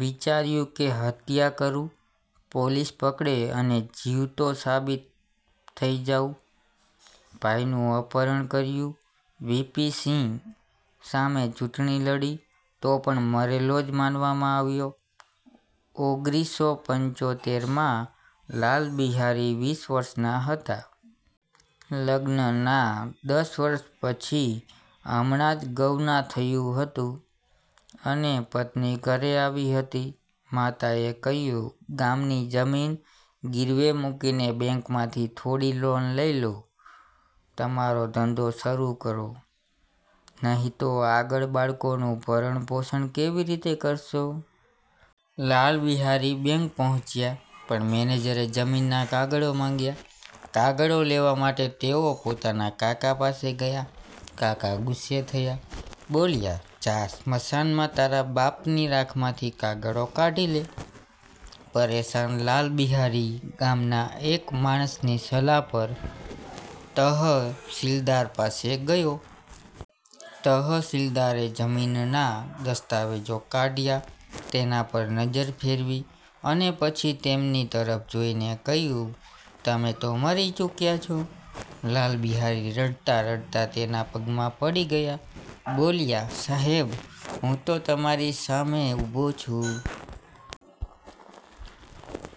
વિચાર્યું કે હત્યા કરું, પોલીસ પકડે અને જીવતો સાબિત થઈ જાઉં. ભાઈનું અપહરણ કર્યું, વીપી સિંહ સામે ચૂંટણી લડી, તો પણ મરેલો જ માનવામાં આવ્યો. ઓગરીસો પંચોતેર માં, લાલ બિહારી વીસ વર્ષના હતા. લગ્નના દસ વર્ષ પછી હમણાં જ ગવના થયું હતું, અને પત્ની ઘરે આવી હતી. માતાએ કહ્યું, "ગામની જમીન ગીરવે મૂકીને બેંકમાંથી થોડી લોન લઈ લો. તમારો ધંધો શરૂ કરો, નહીં તો આગળ બાળકોનું ભરણપોષણ કેવી રીતે કરશો?" લાલ બિહારી બેંક પહોંચ્યા, પણ મેનેજરે જમીનના કાગળો માંગ્યા. કાગળો લેવા માટે તેઓ પોતાના કાકા પાસે ગયા. કાકા ગુસ્સે થયા. બોલ્યા, "જા, સ્મશાનમાં તારા બાપની રાખમાંથી કાગળો કાઢી લે." પરેશાન લાલ બિહારી ગામના એક માણસની સલાહ પર તહસીલદાર પાસે ગયો. તહસીલદારે જમીનના દસ્તાવેજો કાઢ્યા, તેના પર નજર ફેરવી અને પછી તેમની તરફ જોઈને કહ્યું,"તમે તો મરી ચૂક્યા છો!" લાલ બિહારી રડતા-રડતા તેના પગમાં પડી ગયા, બોલ્યા, "સાહેબ, હું તો તમારી સામે ઊભો છું."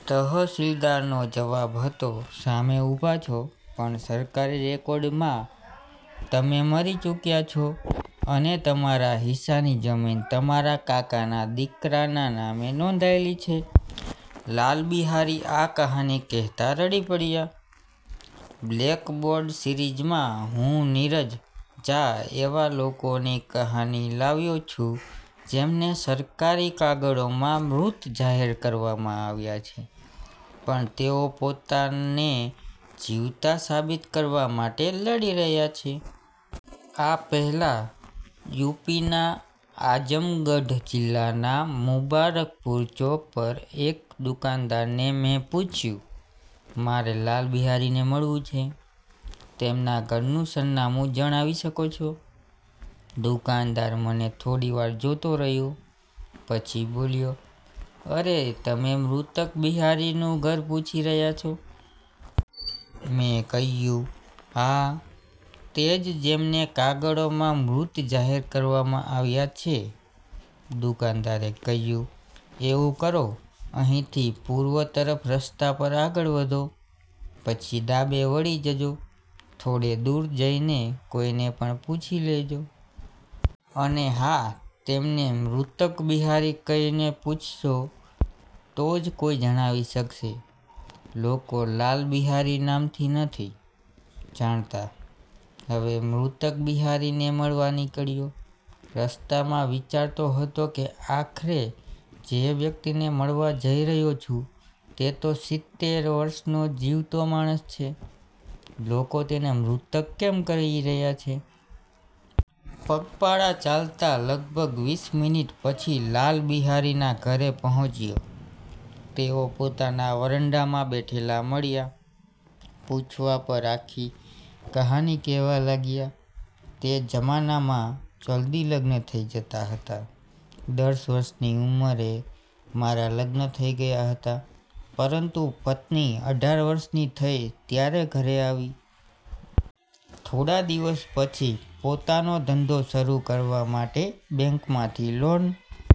તહસીલદારનો જવાબ હતો, "સામે ઊભા છો, પણ સરકારી રેકોર્ડમાં તમે મરી ચૂક્યા છો, અને તમારા હિસ્સાની જમીન તમારા કાકાના દીકરાના નામે નોંધાયેલી છે." લાલ બિહારી આ કહાની કહેતા રડી પડ્યા. "બ્લેકબોર્ડ સિરીઝમાં હું નીરજ ઝા એવા લોકોની કહાની લાવ્યો છું, જેમને સરકારી કાગળોમાં મૃત જાહેર કરવામાં આવ્યા છે, પણ તેઓ પોતાને જીવતા સાબિત કરવા માટે લડી રહ્યા છે." આ પહેલાં, યુપીના આઝમગઢ જિલ્લાના મુબારકપુર ચોક પર એક દુકાનદારને મેં પૂછ્યું, "મારે લાલ બિહારીને મળવું છે, તેમના ઘરનું સરનામું જણાવી શકો છો?" દુકાનદાર મને થોડીવાર જોતો રહ્યો, પછી બોલ્યો, "અરે! તમે 'મૃતક બિહારી' નું ઘર પૂછી રહ્યા છો?" મેં કહ્યું, "હા, તે જ જેમને કાગળોમાં મૃત જાહેર કરવામાં આવ્યા છે." દુકાનદારે કહ્યું,"એવું કરો, અહીંથી પૂર્વ તરફ રસ્તા પર આગળ વધો, પછી ડાબે વળી જજો. થોડે દૂર જઈને કોઈને પણ પૂછી લેજો. અને હા, તેમને 'મૃતક બિહારી' કહીને પૂછશો તો જ કોઈ જણાવી શકશે. લોકો 'લાલ બિહારી' નામથી નથી જાણતા." હવે 'મૃતક બિહારી' ને મળવા નીકળ્યો. રસ્તામાં વિચારતો હતો કે "આખરે જે વ્યક્તિને મળવા જઈ રહ્યો છું, તે તો સીતેર વર્ષનો જીવતો માણસ છે, લોકો તેને 'મૃતક' કેમ કહી રહ્યા છે?" પગપાળા ચાલતા લગભગ વીસ મિનિટ પછી લાલ બિહારીના ઘરે પહોંચ્યો. તેઓ પોતાના વરંડામાં બેઠેલા મળ્યા. પૂછવા પર આખી કહાની કહેવા લાગ્યા, "તે જમાનામાં જલ્દી લગ્ન થઈ જતા હતા. દસ વર્ષની ઉંમરે મારા લગ્ન થઈ ગયા હતા, પરંતુ પત્ની અઢાર વર્ષની થઈ, ત્યારે ઘરે આવી. થોડા દિવસ પછી પોતાનો ધંધો શરૂ કરવા માટે બેંકમાંથી લોન